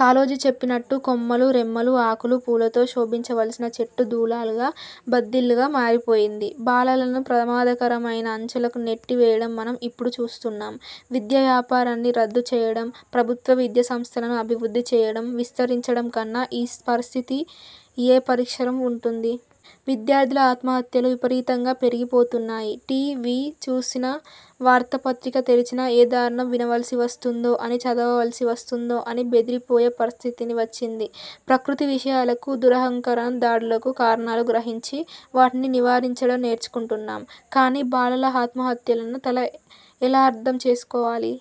కాళోజీ చెప్పినట్లు కొమ్మలు, రెమ్మలు, ఆకులు, పూలతో శోభించవలసిన చెట్టు దూలాలుగా, బద్దీలుగా మారిపోయింది. బాలలను ప్రమాదకరమైన అంచులకు నెట్టి వేయడం మనం ఇప్పుడు చూస్తూన్నాం. విద్యా వ్యాపారాన్ని రద్దు చేయడం, ప్రభుత్వ విద్యా సంస్థలను అభివృద్ధి చేయడం, విస్తరించడం కన్నా ఈ పరిస్థితికి ఏం పరిష్కారం ఉంటుంది? విద్యార్థుల ఆత్మహత్యలు విపరీతంగా పెరిగి పోతున్నాయి. టి. వి.చూసినా, వార్తా పత్రిక తెరిచినా ఏ దారుణం వినవలసి వస్తుందో అని, చదవవలసి వస్తుందో అని బెదిరి పోయే పరిస్థితి వచ్చింది. ప్రకృతి విలయాలకు, దురహంకార దాడులకు కారణాలు గ్రహించి, వాటిని నివారించడం నేర్చుకుంటున్నాం. కాని బాలల ఆత్మహత్యలను తల ఎలా అర్థం చేసుకోవాలి?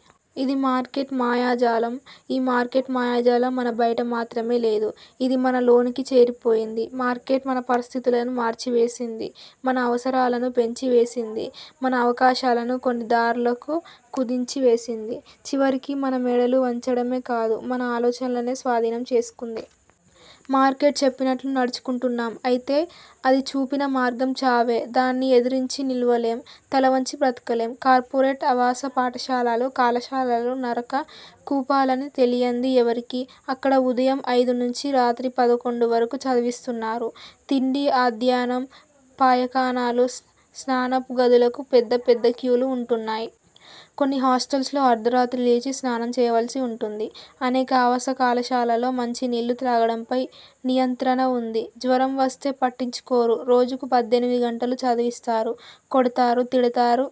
ఇది మార్కెట్ మాయాజాలం. ఈ మార్కెట్ మాయాజాలం మన బయట మాత్రమే లేదు. ఇది మన లోనికి చేరిపోయింది. మార్కెట్ మన పరిస్థితులను మార్చి వేసింది, మన అవసరాలను పెంచి వేసింది, మన అవకాశాలను కొన్ని దారులకు కుదించి వేసింది. చివరకు మన మెడలు వంచడమే కాదు, మన ఆలోచనలనే స్వాధీనం చేసుకుంది. మార్కెట్ చెప్పినట్లు నడుచుకుంటున్నాం. అయితే అది చూపిన మార్గం చావే! దానిని ఎదిరించి నిలువలేం, తలవంచి బ్రతకలేం! కార్పొరేట్ ఆవాస పాఠశాలలు, కళాశాలలు నరక కూపాలని తెలియంది ఎవరికి? అక్కడ ఉదయం ఐదు నుంచి రాత్రి పదకొండు వరకు చదివిస్తున్నారు. తిండి అధ్యాన్నం. పాయఖానాలు, స్నానపు గదులకు పెద్ద, పెద్ద క్యూలు ఉంటున్నాయి. కొన్ని హాస్టల్స్లో అర్ధరాత్రి లేచి స్నానం చేయవలసి ఉంటుంది. అనేక ఆవాస కళాశాలలలో మంచి నీళ్ళు త్రాగడంపై నియంత్రణ ఉంది. జ్వరం వస్తే పట్టించుకోరు. రోజుకు పద్దెనిమిది గంటలు చదివిస్తారు. కొడతారు, తిడతారు,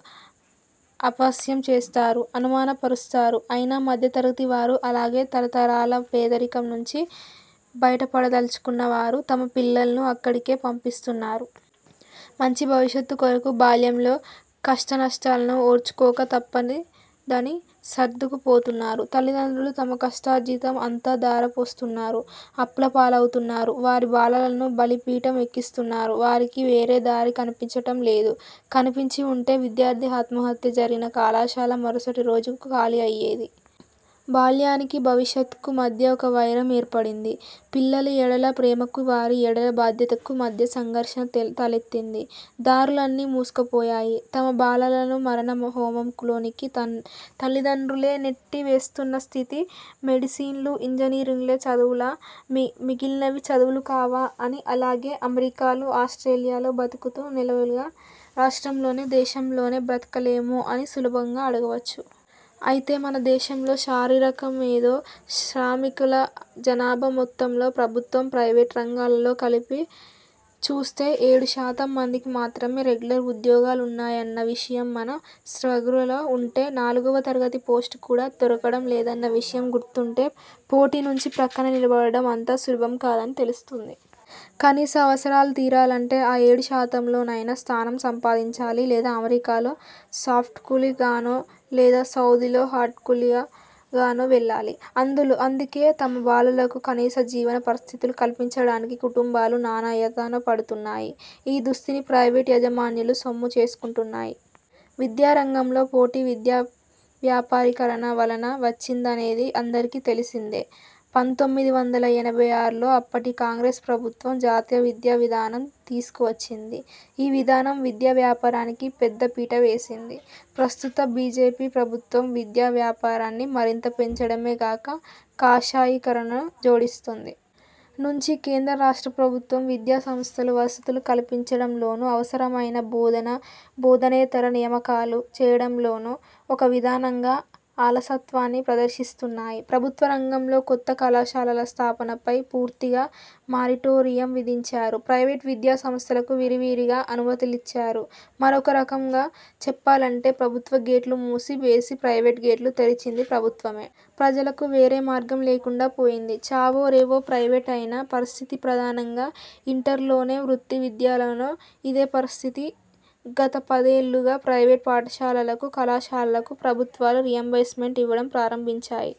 అపహాస్యం చేస్తారు, అవమాన పరుస్తారు. అయినా మధ్య తరగతి వారు, అలాగే తరతరాల పేదరికం నుంచి బయటపడదలచుకున్నవారు తమ పిల్లలను అక్కడికే పంపిస్తున్నారు. మంచి భవిష్యత్ కొరకు బాల్యంలో కష్ట్టనష్టాలను ఓర్చుకోక తప్పదని సర్దుకు పోతున్నారు. తల్లిదండ్రులు తమ కష్టార్జితం అంతా ధార పోస్తూన్నారు. అప్పుల పాలవుతున్నారు. వారి బాలలను బలి పీఠం ఎక్కిస్తూన్నారు. వారికి వేరే దారి కనిపించడం లేదు. కనిపించి ఉంటే విద్యార్థి ఆత్మహత్య జరిగిన కళాశాల మరుసటి రోజుకు ఖాళీ అయ్యేది. బాల్యానికి భవిష్యత్కు మధ్య ఒక వైరం ఏర్పడింది. పిల్లల ఎడల ప్రేమకు వారి ఎడల బాధ్యతకు మధ్య సంఘర్షణ తలెత్తింది! దారులన్నీ మూసుకుపోయాయి. తమ బాలలను మారణ హోమం లోనికి తల్లిదండ్రులే నెట్టి వేస్తూన్న స్థితి. మెడిసిన్లు ఇంజనీరింగులే చదువులా, మిగిలినవి చదువులు కావా అని, అలాగే అమెరికాలు, ఆస్ట్రేలియాలే బ్రతుకుకు నెలవులా రాష్ట్రంలోనో దేశంలోనో బ్రతకలేమా అని సులభంగా అడగవచ్చు. అయితే మన దేశంలో శారీరక, మేధో శ్రామికుల జనాభా మొత్తంలో ప్రభుత్వ, ప్రైవేట్ రంగాలలో కలిపి చూస్తే ఏడు శాతం మందికి మాత్రమే రెగ్యులర్ ఉద్యోగాలున్నాయన్న విషయం మన స్పృహలో ఉంటే, నాలుగవ తరగతి పోస్టు కూడా దొరకడం లేదన్న విషయం గుర్తుంటే, పోటీ నుంచి ప్రక్కన నిలబడడం అంత సులభం కాదని తెలుస్తుంది. కనీస అవసరాలు తీరాలంటే ఆ ఏడు శాతంలో నైనా స్థానం సంపాదించాలి లేదా అమెరికాలో సాఫ్ట్కూలీ గానో లేదా సౌదీలో హార్డ్కూలీ గానో వెళ్ళాలి. అందులో అందుకే తమ బాలలకు కనీస జీవన పరిస్థితులు కల్పించడానికి కుటుంబాలు నానా యాతన పడుతున్నాయి. ఈ దుస్థితిని ప్రైవేట్ యాజమాన్యాలు సొమ్ము చేసుకుంటున్నాయి. విద్యా రంగంలో పోటీ విద్యావ్యాపారీకరణ వలన వచ్చిందనేది అందరికీ తెలిసిందే. పంతొమ్మిది వందల ఎనభై ఆరులో అప్పటి కాంగ్రెస్ ప్రభుత్వం 'జాతీయ విద్యావిధానం ' తీసుకు వచ్చింది. ఈ విధానం విద్యా వ్యాపారానికి పెద్దపీట వేసింది. ప్రస్తుత బీజేపీ ప్రభుత్వం విద్యా ప్యాపారాన్ని మరింత పెంచడమే గాక కాషాయీకరణను జోడిస్తూంది. నుంచి కేంద్ర రాష్ట్ర ప్రభుత్వాలు విద్యా సంస్థలకు వసతులు కల్పించడం లోనూ, అవసరమైన బోధన, బోధనేతర నియామకాలు చేయడంలోనూ, ఒక విధానంగా, అలసత్వాన్ని ప్రదర్శిస్తూన్నాయి. ప్రభుత్వ రంగంలో కొత్త కళాశాలల స్థాపనపై పూర్తిగా మారిటోరియం విధించారు. ప్రైవేట్ విద్యా సంస్థలకు విరివిగా అనుమతులిచ్చారు. మరొక రకంగా చెప్పాలంటే ప్రభుత్వ గేట్లు మూసి వేసి ప్రైవేట్ గేట్లు తెరచింది ప్రభుత్వమే. ప్రజలకు వేరే మార్గం లేకండా పోయింది. చావో రేవో ప్రైవేటే అయిన పరిస్థితి. ప్రధానంగా ఇంటర్లోనూ, వృత్తి విద్యలలోనూ ఇదే పరిస్థితి. గత పదేళ్ళుగా ప్రైవేట్ పాఠశాలలకు, కళాశాలలకు ప్రభుత్వాలు రీయింబర్స్మెంట్ ఇవ్వడం ప్రారంభించాయి.